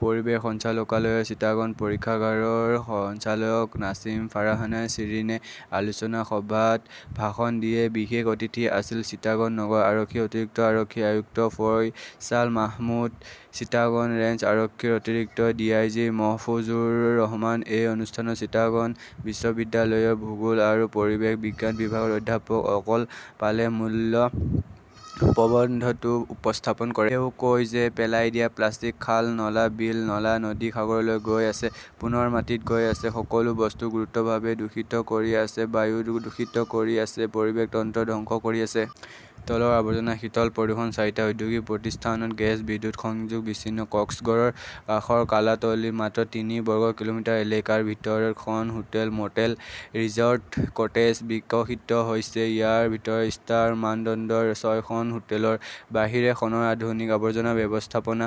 পৰিৱেশ সঞ্চালকালয়ৰ চিটাগং পৰীক্ষাগাৰৰ সঞ্চালক নাছিম ফাৰহানা শ্বিৰিনে আলোচনা সভাত ভাষণ দিয়ে। বিশেষ অতিথি আছিল চিটাগং নগৰ আৰক্ষীৰ অতিৰিক্ত আৰক্ষী আয়ুক্ত ফয়ছাল মাহমুদ, চিটাগং ৰেঞ্জ আৰক্ষীৰ অতিৰিক্ত ডিআইজি মহফুজুৰ ৰহমান। এই অনুষ্ঠানত চিটাগং বিশ্ববিদ্যালয়ৰ ভূগোল আৰু পৰিৱেশ বিজ্ঞান বিভাগৰ অধ্যাপক অলক পালে মূল প্ৰবন্ধটো উপস্থাপন কৰে। তেওঁ কয় যে পেলাই দিয়া প্লাষ্টিক খাল, নলা, বিল, নলা, নদী, সাগৰলৈ গৈ আছে। পুনৰ মাটিত গৈ আছে। সকলো বস্তু গুৰুতৰভাৱে দূষিত কৰি আছে। বায়ু দূষিত কৰি আছে। পৰিৱেশ তন্ত্ৰ ধ্বংস কৰি আছে। তৰল আৱৰ্জনাত শীতল প্ৰদূষণ, চাৰিটা ঔদ্যোগিক প্ৰতিষ্ঠানত গেছ, বিদ্যুৎ সংযোগ বিচ্ছিন্ন কক্সগড়ৰ কাষৰ কালাতলীত মাত্ৰ তিনি বৰ্গ কিলোমিটাৰ এলেকাৰ ভিতৰত খন হোটেল, ম'টেল, ৰিজৰ্ট, কটেজ বিকশিত হৈছে। ইয়াৰ ভিতৰত ষ্টাৰ মানদণ্ডৰ ছয়খন হোটেলৰ বাহিৰে খনৰ আধুনিক আৱৰ্জনা ব্যৱস্থাপনা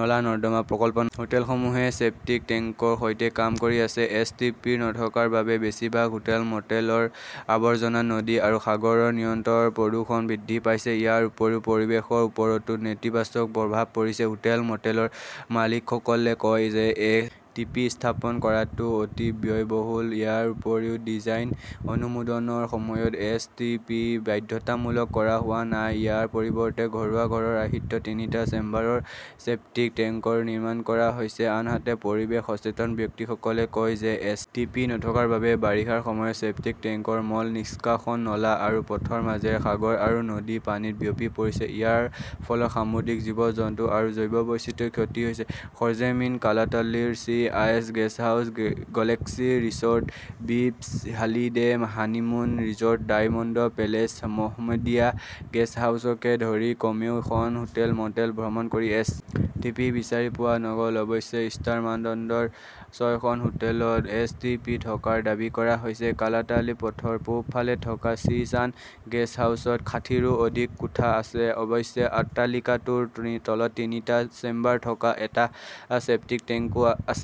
নলা-নৰ্দমা প্ৰকল্প নাই। হোটেলসমূহে ছেপ্টিক টেংকৰ সৈতে কাম কৰি আছে। এছ. টি. পি. নথকাৰ বাবে বেছিভাগ হোটেল, ম'টেলৰ আৱৰ্জনাত নদী আৰু সাগৰত নিৰন্তৰ প্ৰদূষণ বৃদ্ধি পাইছে। ইয়াৰ উপৰিও পৰিৱেশৰ ওপৰতো নেতিবাচক প্ৰভাৱ পৰিছে। হোটেল-মটেলৰ মালিকসকলে কয় যে এছ. টি. পি. স্থাপন কৰাটো অতি ব্যয়বহুল। ইয়াৰ উপৰিও ডিজাইন অনুমোদনৰ সময়ত এছ. টি. পি. বাধ্যতামূলক কৰা হোৱা নাই। ইয়াৰ পৰিৱৰ্তে ঘৰুৱা ঘৰৰ আৰ্হিত তিনিটা চেম্বাৰৰ ছেপ্টিক টেংক নিৰ্মাণ কৰা হৈছে। আনহাতে, পৰিৱেশ সচেতন ব্যক্তিসকলে কয় যে এছ. টি. পি. নথকাৰ বাবে বাৰিষাৰ সময়ত ছেপ্টিক টেংকৰ মল নিষ্কাশন নলা আৰু পথৰ মাজেৰে সাগৰ আৰু নদীৰ পানীত বিয়পি পৰিছে। ইয়াৰ ফলত সামুদ্ৰিক জীৱ-জন্তু আৰু জৈৱ বৈচিত্ৰ্যৰ ক্ষতি হৈছে। সৰ্জেমিন কালাতালীৰ sea sun guesthouse Galaxy resort, বিচ holiday, honeymoon resort, diamond palace, Mohammadia গেষ্টহাউছকে ধৰি কমেও খন হোটেল, ম'টেল ভ্ৰমণ কৰি এছ. টি. পি. বিচাৰি পোৱা নগ'ল। অৱশ্যে, ষ্টাৰ মানদণ্ডৰ ছয়খন হোটেলত এছ. টি. পি. থকাৰ দাবী কৰা হৈছে। কালাতালি পথৰ পূব ফালে থকা চি ছান গেস্ট হাউচত ষাঠিৰো অধিক কোঠা আছে। অৱশ্যে, অট্টালিকাটোৰ তলত তিনিটা চেম্বাৰ থকা এটা ছেপ্টিক টেংক আছে।